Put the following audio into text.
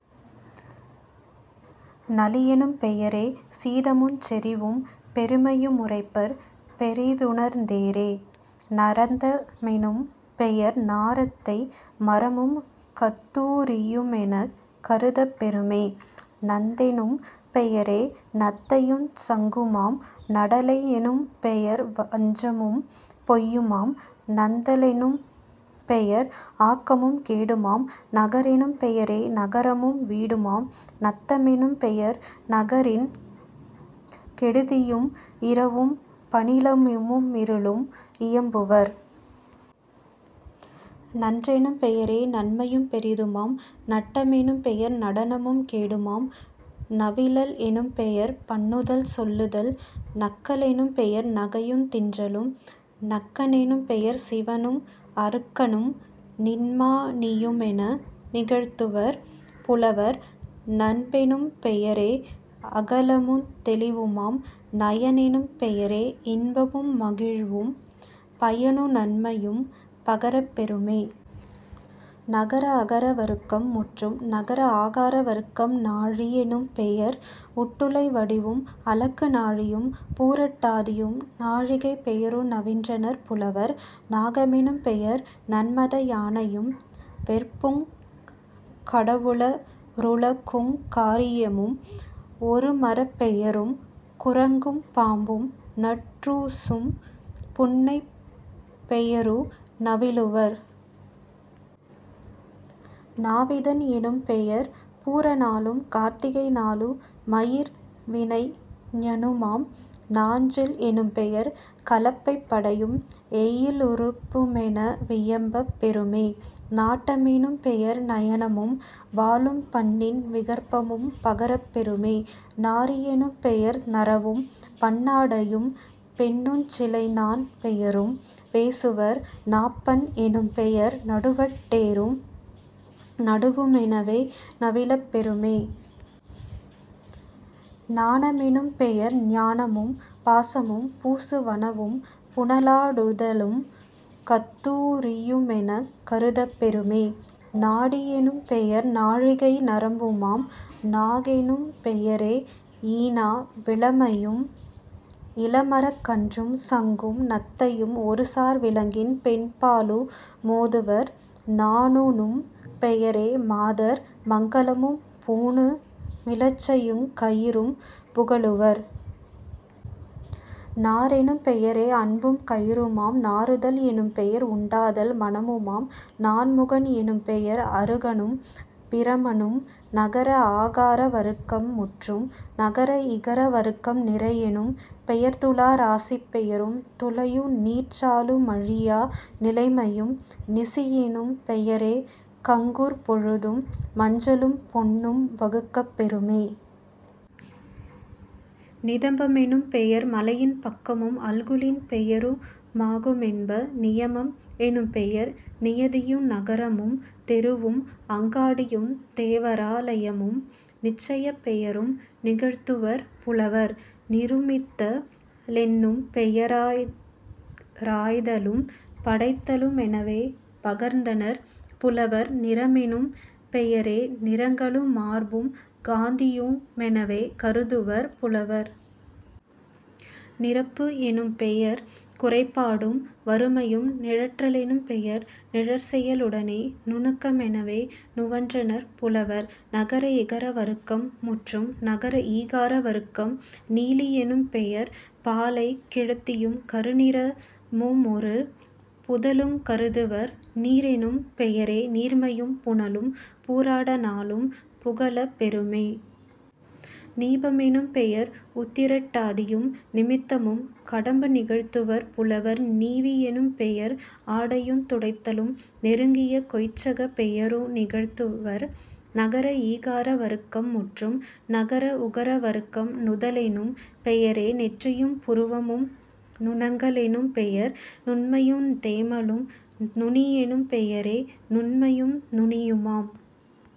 நளியெனும் பெயரே சீதமுஞ் செறிவும் பெருமையு முரைப்பர் பெரிது ணர்ந்தேரே..... நரந்த மெனும்பெயர் நாரத்தை மரமும் கத்தூ ரியுமெனக் கருதப் பெறுமே..... நந்தெனும் பெயரே நத்தையுஞ் சங்குமாம்..... நடலை யெனும்பெயர் வஞ்சமும் பொய்யுமாம்..... நந்த லெனும்பெயர் ஆக்கமும் கேடுமாம்..... நகரெனும் பெயரே நகரமும் வீடுமாம்..... நத்த மெனும்பெயர் நகரின் கெடுதியும் இரவும் பணிலமு மிருளும் இயம்புவர்..... நன்றெனும் பெயரே நன்மையும் பெரிதுமாம்..... நட்ட மெனும்பெயர் நடனமும் கேடுமாம்..... நவிலல் எனும்பெயர் பண்ணுதல் சொல்லுதல்..... நக்க லெனும்பெயர் நகையுந் தின்றலும்..... நக்க னெனும்பெயர் சிவனும் அருக்கனும் நின்மா ணியுமென நிகழ்த்துவர் புலவர்..... நன்பெனும் பெயரே அகலமுந் தெளிவுமாம்..... நயனெனும் பெயரே இன்பமும் மகிழ்வும் பயனு நன்மையும் பகரப் பெறுமே..... நகர அகர வருக்கம் முற்றும். நகர ஆகார வருக்கம் நாழி யெனும்பெயர் உட்டுளை வடிவும் அளக்கு நாழியும் பூரட் டாதியும் நாழிகைப் பெயரு நவின்றனர் புலவர்..... நாக மெனும்பெயர் நன்மத யானையும் வெற்புங் கடவுள ருலகுங் காரியமும் ஒருமரப் பெயரும் குரங்கும் பாம்பும் நற்றூசும் புன்னைப் பெயரு நவிலுவர்..... நாவிதன் எனும்பெயர் பூர நாளும் கார்த்திகை நாளு மயிர்வினை ஞனுமாம்..... நாஞ்சில் எனும்பெயர் கலப்பைப் படையும் எயிலு றுப்புமென வியம்பப் பெறுமே..... நாட்ட மெனும்பெயர் நயனமும் வாளும் பண்ணின் விகற்பமும் பகரப் பெறுமே..... நாரி யெனும்பெயர் நறவும் பன்னாடையும் பெண்ணுஞ் சிலைநாண் பெயரும் பேசுவர்..... நாப்பண் எனும்பெயர் நடுவட் டேரும் நடுவு மெனவே நவிலப் பெறுமே..... நான மெனும்பெயர் ஞானமும் பாசமும் பூசு வனவும் புனலா டுதலும் கத்தூ ரியுமெனக் கருதப் பெறுமே..... நாடி யெனும்பெயர் நாழிகை நரம்புமாம்..... நாகெனும் பெயரே யீனா விளமையும் இளமரக் கன்றும் சங்கும் நத்தையும் ஒருசார் விலங்கின் பெண்பாலு மோதுவர்..... நாணுனும் பெயரே மாதர் மங்கலமும் பூணு மிலச்சையுங் கயிறும் புகலுவர்..... நாரெனும் பெயரே அன்பும் கயிறுமாம்..... நாறுதல் எனும்பெயர் உண்டாதல் மணமுமாம்..... நான்முகன் எனும்பெயர் அருகனும் பிரமனும்..... நகர ஆகார வருக்கம் முற்றும். நகர இகர வருக்கம் நிறையெனும் பெயர்துலா ராசிப் பெயரும் துலையு நீர்ச்சாலு மழியா நிலைமையும்..... நிசியெனும் பெயரே கங்குற் பொழுதும் மஞ்சளும் பொன்னும் வகுக்கப் பெறுமே..... நிதம்ப மெனும்பெயர் மலையின் பக்கமும் அல்குலின் பெயரு மாகு மென்ப..... நியமம் எனும்பெயர் நியதியு நகரமும் தெருவும் அங்காடியுந் தேவரா லையமும் நிச்சயப் பெயரும் நிகழ்த்துவர் புலவர்.....। நிருமித்த லென்னும் பெயரா ராய்தலும் படைத்தலு மெனவே பகர்ந்தனர் புலவர்..... நிறமெனும் பெயரே நிறங்களு மார்பும் காந்தியு மெனவே கருதுவர் புலவர்..... நிரப்பு எனும்பெயர் குறைபாடும் வறுமையும்..... நிழற்ற லெனும்பெயர் நிழற்செய லுடனே நுணுக்க மெனவே நுவன்றனர் புலவர்..... நகர இகர வருக்கம் முற்றும். நகர ஈகார வருக்கம் நீலி யெனும்பெயர் பாலைக் கிழத்தியும் கருநிற முமொரு புதலுங் கருதுவர்..... நீரெனும் பெயரே நீர்மையும் புனலும் பூராட நாளும் புகலப் பெறுமே..... நீப மெனும்பெயர் உத்திரட் டாதியும் நிமித்தமும் கடம்பு நிகழ்த்துவர் புலவர்..... நீவி யெனும்பெயர் ஆடையுந் துடைத்தலும் நெருங்கிய கொய்சகப் பெயரு நிகழ்த்துவர்..... நகர ஈகார வருக்கம் முற்றும். நகர உகர வருக்கம் நுதலெனும் பெயரே நெற்றியும் புருவமும்..... நுணங்க லெனும்பெயர் நுண்மையுந் தேமலும்..... நுனியெனும் பெயரே நுண்மையும் நுனியுமாம்.